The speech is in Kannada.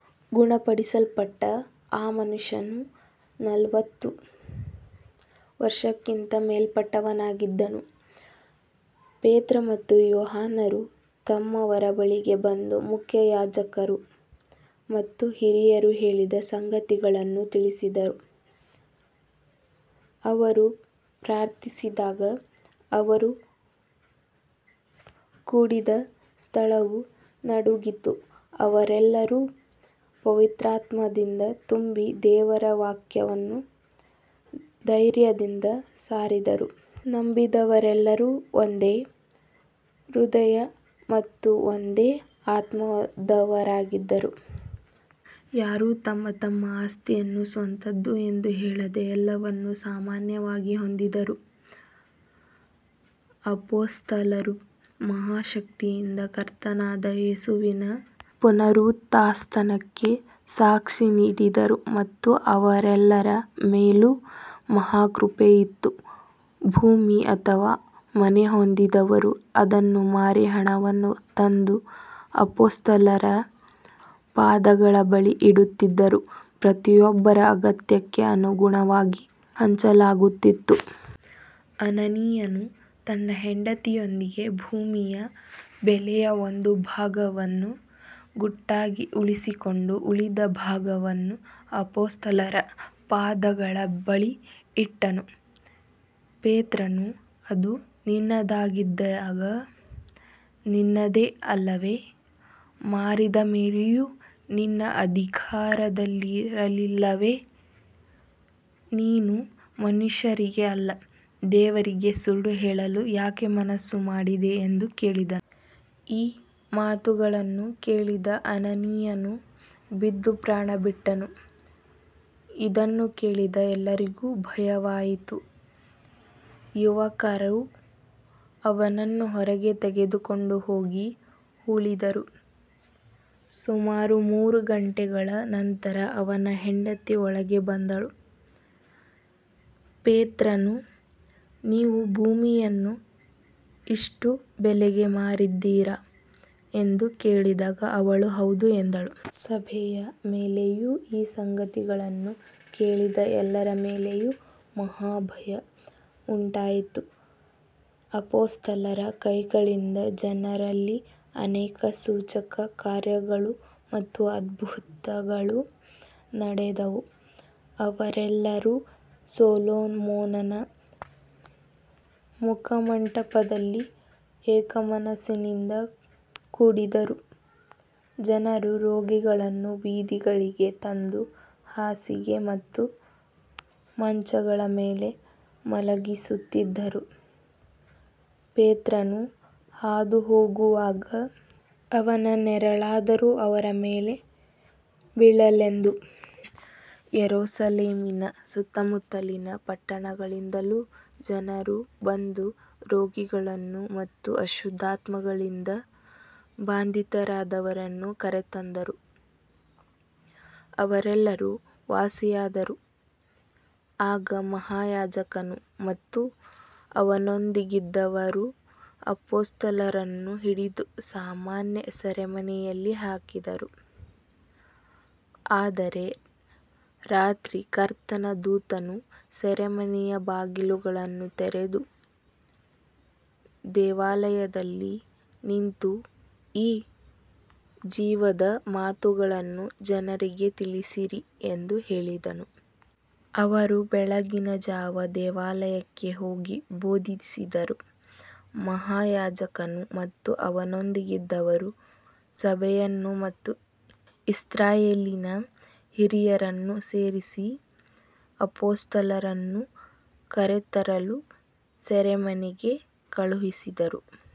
ಗುಣಪಡಿಸಲ್ಪಟ್ಟ ಆ ಮನುಷ್ಯನು ನಲವತ್ತು ವರ್ಷಕ್ಕಿಂತ ಮೇಲ್ಪಟ್ಟವನಾಗಿದ್ದನು. ಪೇತ್ರ ಮತ್ತು ಯೋಹಾನರು ತಮ್ಮವರ ಬಳಿಗೆ ಬಂದು ಮುಖ್ಯಯಾಜಕರು ಮತ್ತು ಹಿರಿಯರು ಹೇಳಿದ ಸಂಗತಿಗಳನ್ನು ತಿಳಿಸಿದರು. ಅವರು ಪ್ರಾರ್ಥಿಸಿದಾಗ ಅವರು ಕೂಡಿದ್ದ ಸ್ಥಳವು ನಡುಗಿತು, ಅವರೆಲ್ಲರೂ ಪವಿತ್ರಾತ್ಮದಿಂದ ತುಂಬಿ ದೇವರ ವಾಕ್ಯವನ್ನು ಧೈರ್ಯದಿಂದ ಸಾರಿದರು. ನಂಬಿದವರೆಲ್ಲರೂ ಒಂದೇ ಹೃದಯ ಮತ್ತು ಒಂದೇ ಆತ್ಮದವರಾಗಿದ್ದರು. ಯಾರೂ ತಮ್ಮ ಆಸ್ತಿಯನ್ನು ಸ್ವಂತದ್ದು ಎಂದು ಹೇಳದೆ ಎಲ್ಲವನ್ನೂ ಸಾಮಾನ್ಯವಾಗಿ ಹೊಂದಿದ್ದರು. ಅಪೊಸ್ತಲರು ಮಹಾಶಕ್ತಿಯಿಂದ ಕರ್ತನಾದ ಯೇಸುವಿನ ಪುನರುತ್ಥಾನಕ್ಕೆ ಸಾಕ್ಷಿ ನೀಡಿದರು ಮತ್ತು ಅವರೆಲ್ಲರ ಮೇಲೂ ಮಹಾಕೃಪೆ ಇತ್ತು. ಭೂಮಿ ಅಥವಾ ಮನೆ ಹೊಂದಿದ್ದವರು ಅದನ್ನು ಮಾರಿ ಹಣವನ್ನು ತಂದು ಅಪೊಸ್ತಲರ ಪಾದಗಳ ಬಳಿ ಇಡುತ್ತಿದ್ದರು, ಪ್ರತಿಯೊಬ್ಬರ ಅಗತ್ಯಕ್ಕೆ ಅನುಗುಣವಾಗಿ ಹಂಚಲಾಗುತ್ತಿತ್ತು. ಅನನೀಯನು ತನ್ನ ಹೆಂಡತಿಯೊಂದಿಗೆ ಭೂಮಿಯ ಬೆಲೆಯ ಒಂದು ಭಾಗವನ್ನು ಗುಟ್ಟಾಗಿ ಉಳಿಸಿಕೊಂಡು ಉಳಿದ ಭಾಗವನ್ನು ಅಪೊಸ್ತಲರ ಪಾದಗಳ ಬಳಿ ಇಟ್ಟನು. ಪೇತ್ರನು, ಅದು ನಿನ್ನದಾಗಿದ್ದಾಗ ನಿನ್ನದೇ ಅಲ್ಲವೇ, ಮಾರಿದ ಮೇಲೂ ನಿನ್ನ ಅಧಿಕಾರದಲ್ಲಿರಲಿಲ್ಲವೇ, ನೀನು ಮನುಷ್ಯರಿಗೆ ಅಲ್ಲ ದೇವರಿಗೆ ಸುಳ್ಳು ಹೇಳಲು ಯಾಕೆ ಮನಸ್ಸು ಮಾಡಿದೆ ಎಂದು ಕೇಳಿದನು. ಈ ಮಾತುಗಳನ್ನು ಕೇಳಿದ ಅನನೀಯನು ಬಿದ್ದು ಪ್ರಾಣಬಿಟ್ಟನು. ಇದನ್ನು ಕೇಳಿದ ಎಲ್ಲರಿಗೂ ಭಯವಾಯಿತು. ಯುವಕರು ಅವನನ್ನು ಹೊರಗೆ ತೆಗೆದುಕೊಂಡು ಹೋಗಿ ಹೂಳಿದರು. ಸುಮಾರು ಮೂರು ಗಂಟೆಗಳ ನಂತರ ಅವನ ಹೆಂಡತಿ ಒಳಗೆ ಬಂದಳು. ಪೇತ್ರನು, ನೀವು ಭೂಮಿಯನ್ನು ಇಷ್ಟು ಬೆಲೆಗೆ ಮಾರಿದಿರಾ ಎಂದು ಕೇಳಿದಾಗ ಅವಳು ಹೌದು ಎಂದಳು. ಸಭೆಯ ಮೇಲೆಯೂ ಈ ಸಂಗತಿಗಳನ್ನು ಕೇಳಿದ ಎಲ್ಲರ ಮೇಲೆಯೂ ಮಹಾಭಯ ಉಂಟಾಯಿತು. ಅಪೊಸ್ತಲರ ಕೈಗಳಿಂದ ಜನರಲ್ಲಿ ಅನೇಕ ಸೂಚಕಕಾರ್ಯಗಳು ಮತ್ತು ಅದ್ಭುತಗಳು ನಡೆದವು. ಅವರೆಲ್ಲರೂ ಸೊಲೊಮೋನನ ಮುಖಮಂಟಪದಲ್ಲಿ ಏಕಮನಸ್ಸಿನಿಂದ ಕೂಡಿದ್ದರು. ಜನರು ರೋಗಿಗಳನ್ನು ಬೀದಿಗಳಿಗೆ ತಂದು ಹಾಸಿಗೆ ಮತ್ತು ಮಂಚಗಳ ಮೇಲೆ ಮಲಗಿಸುತ್ತಿದ್ದರು, ಪೇತ್ರನು ಹಾದುಹೋಗುವಾಗ ಅವನ ನೆರಳಾದರೂ ಅವರ ಮೇಲೆ ಬೀಳಲೆಂದು. ಯೆರೂಸಲೇಮಿನ ಸುತ್ತಮುತ್ತಲಿನ ಪಟ್ಟಣಗಳಿಂದಲೂ ಜನರು ಬಂದು ರೋಗಿಗಳನ್ನು ಮತ್ತು ಅಶುದ್ಧಾತ್ಮಗಳಿಂದ ಬಾಧಿತರಾದವರನ್ನು ಕರೆತಂದರು, ಅವರೆಲ್ಲರೂ ವಾಸಿಯಾದರು. ಆಗ ಮಹಾಯಾಜಕನು ಮತ್ತು ಅವನೊಂದಿಗಿದ್ದವರು ಅಪೊಸ್ತಲರನ್ನು ಹಿಡಿದು ಸಾಮಾನ್ಯ ಸೆರೆಮನೆಯಲ್ಲಿ ಹಾಕಿದರು. ಆದರೆ ರಾತ್ರಿ ಕರ್ತನ ದೂತನು ಸೆರೆಮನೆಯ ಬಾಗಿಲುಗಳನ್ನು ತೆರೆದು, ದೇವಾಲಯದಲ್ಲಿ ನಿಂತು ಈ ಜೀವದ ಮಾತುಗಳನ್ನು ಜನರಿಗೆ ತಿಳಿಸಿರಿ ಎಂದು ಹೇಳಿದನು. ಅವರು ಬೆಳಗಿನ ಜಾವ ದೇವಾಲಯಕ್ಕೆ ಹೋಗಿ ಬೋಧಿಸಿದರು. ಮಹಾಯಾಜಕನು ಮತ್ತು ಅವನೊಂದಿಗಿದ್ದವರು ಸಭೆಯನ್ನು ಮತ್ತು ಇಸ್ರಾಯೇಲಿನ ಹಿರಿಯರನ್ನು ಸೇರಿಸಿ ಅಪೊಸ್ತಲರನ್ನು ಕರೆತರಲು ಸೆರೆಮನೆಗೆ ಕಳುಹಿಸಿದರು.